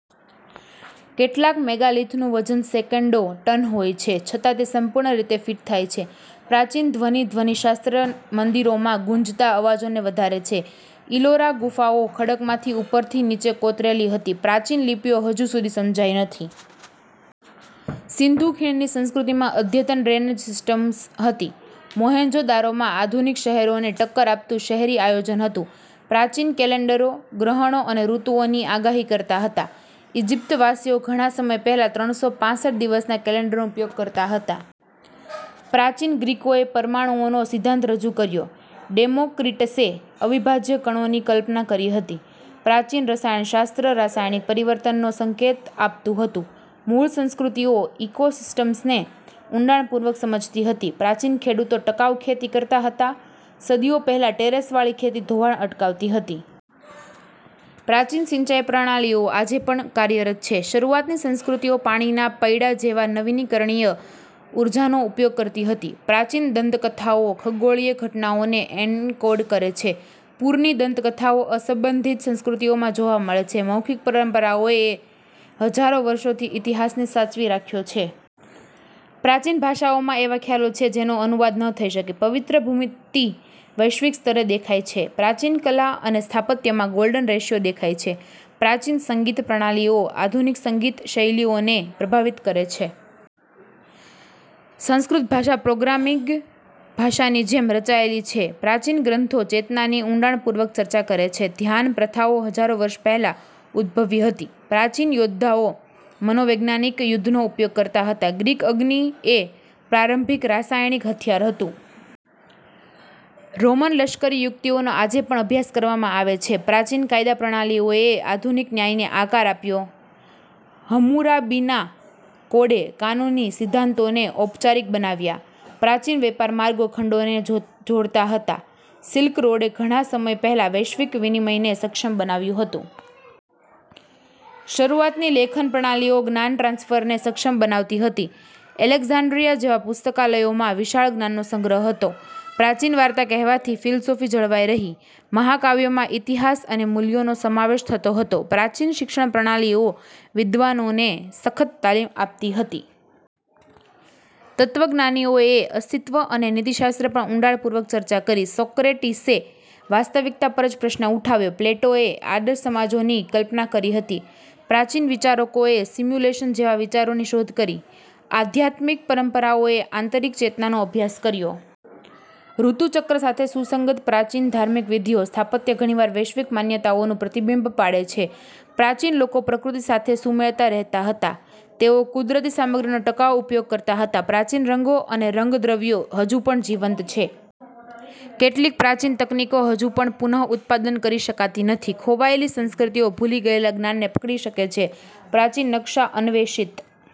કેટલાક મેગાલિથનું વજન સેંકડો ટન હોય છે છતાં તે સંપૂર્ણ રીતે ફિટ થાય છે. પ્રાચીન ધ્વનિ ધ્વનિશાસ્ત્ર મંદિરોમાં ગુંજતા અવાજોને વધારે છે. ઈલોરા ગુફાઓ ખડકમાંથી ઉપરથી નીચે કોતરેલી હતી. પ્રાચીન લિપિઓ હજુ સુધી સમજાઈ નથી. સિંધુ ખીણની સંસ્કૃતિમાં અદ્યતન ડ્રેનેજ સિસ્ટમ્સ હતી. મોહેંજો-દારોમાં આધુનિક શહેરોને ટક્કર આપતું શહેરી આયોજન હતું. પ્રાચીન કેલેન્ડરો ગ્રહણો અને ઋતુઓની આગાહી કરતા હતા. ઇજિપ્તવાસીઓ ઘણા સમય પહેલા ત્રણ સો પાસઠ દિવસના કેલેન્ડરનો ઉપયોગ કરતા હતા. પ્રાચીન ગ્રીકોએ પરમાણુઓનો સિદ્ધાંત રજૂ કર્યો. ડેમોક્રિટસે અવિભાજ્ય કણોની કલ્પના કરી હતી. પ્રાચીન રસાયણશાસ્ત્ર રાસાયણિક પરિવર્તનનો સંકેત આપતું હતું. મૂળ સંસ્કૃતિઓ ઇકોસિસ્ટમ્સને ઊંડાણપૂર્વક સમજતી હતી. પ્રાચીન ખેડૂતો ટકાઉ ખેતી કરતા હતા. સદીઓ પહેલા ટેરેસવાળી ખેતી ધોવાણ અટકાવતી હતી. પ્રાચીન સિંચાઈ પ્રણાલીઓ આજે પણ કાર્યરત છે. શરૂઆતની સંસ્કૃતિઓ પાણીના પૈડા જેવી નવીનીકરણીય ઉર્જાનો ઉપયોગ કરતી હતી. પ્રાચીન દંતકથાઓ ખગોળીય ઘટનાઓને એન્કોડ કરે છે. પૂરની દંતકથાઓ અસંબંધિત સંસ્કૃતિઓમાં જોવા મળે છે. મૌખિક પરંપરાઓએ હજારો વર્ષોથી ઇતિહાસને સાચવી રાખ્યો છે. પ્રાચીન ભાષાઓમાં એવા ખ્યાલો છે જેનો અનુવાદ ન થઈ શકે. પવિત્ર ભૂમિતિ વૈશ્વિક સ્તરે દેખાય છે. પ્રાચીન કલા અને સ્થાપત્યમાં ગોલ્ડન રેશિયો દેખાય છે. પ્રાચીન સંગીત પ્રણાલીઓ આધુનિક સંગીત શૈલીઓને પ્રભાવિત કરે છે. સંસ્કૃત ભાષા પ્રોગ્રામિંગ ભાષાની જેમ રચાયેલી છે. પ્રાચીન ગ્રંથો ચેતનાની ઊંડાણપૂર્વક ચર્ચા કરે છે. ધ્યાન પ્રથાઓ હજારો વર્ષ પહેલાં ઉદ્ભવી હતી. પ્રાચીન યોદ્ધાઓ મનોવૈજ્ઞાનિક યુદ્ધનો ઉપયોગ કરતા હતા. ગ્રીક અગ્નિ એ પ્રારંભિક રાસાયણિક હથિયાર હતું. રોમન લશ્કરી યુક્તિઓનો આજે પણ અભ્યાસ કરવામાં આવે છે. પ્રાચીન કાયદા પ્રણાલીઓએ આધુનિક ન્યાયને આકાર આપ્યો. હમ્મુરાબીના કોડે કાનૂની સિદ્ધાંતોને ઔપચારિક બનાવ્યા. પ્રાચીન વેપાર માર્ગો ખંડોને જોડતા હતા. સિલ્ક રોડે ઘણા સમય પહેલા વૈશ્વિક વિનિમયને સક્ષમ બનાવ્યું હતું. શરૂઆતની લેખન પ્રણાલીઓ જ્ઞાન ટ્રાન્સફરને સક્ષમ બનાવતી હતી. એલેક્ઝાન્ડ્રિયા જેવા પુસ્તકાલયોમાં વિશાળ જ્ઞાનનો સંગ્રહ હતો. પ્રાચીન વાર્તા કહેવાથી ફિલસૂફી જળવાઈ રહી. મહાકાવ્યોમાં ઇતિહાસ અને મૂલ્યોનો સમાવેશ થતો હતો. પ્રાચીન શિક્ષણ પ્રણાલીઓ વિદ્વાનોને સખત તાલીમ આપતી હતી. તત્વજ્ઞાનીઓએ અસ્તિત્વ અને નીતિશાસ્ત્ર પર ઊંડાણપૂર્વક ચર્ચા કરી. સોક્રેટીસે વાસ્તવિકતા પર જ પ્રશ્ન ઉઠાવ્યો. પ્લેટોએ આદર્શ સમાજોની કલ્પના કરી હતી. પ્રાચીન વિચારકોએ સિમ્યુલેશન જેવા વિચારોની શોધ કરી. આધ્યાત્મિક પરંપરાઓએ આંતરિક ચેતનાનો અભ્યાસ કર્યો. ઋતુચક્ર સાથે સુસંગત પ્રાચીન ધાર્મિક વિધિઓ. સ્થાપત્ય ઘણીવાર વૈશ્વિક માન્યતાઓનું પ્રતિબિંબ પાડે છે. પ્રાચીન લોકો પ્રકૃતિ સાથે સુમેળમાં રહેતા હતા. તેઓ કુદરતી સામગ્રીનો ટકાઉ ઉપયોગ કરતા હતા. પ્રાચીન રંગો અને રંગદ્રવ્યો હજુ પણ જીવંત છે. કેટલીક પ્રાચીન તકનીકો હજુ પણ પુનઃઉત્પાદન કરી શકાતી નથી. ખોવાયેલી સંસ્કૃતિઓ ભૂલી ગયેલા જ્ઞાનને પકડી શકે છે. પ્રાચીન નકશા અન્વેષિત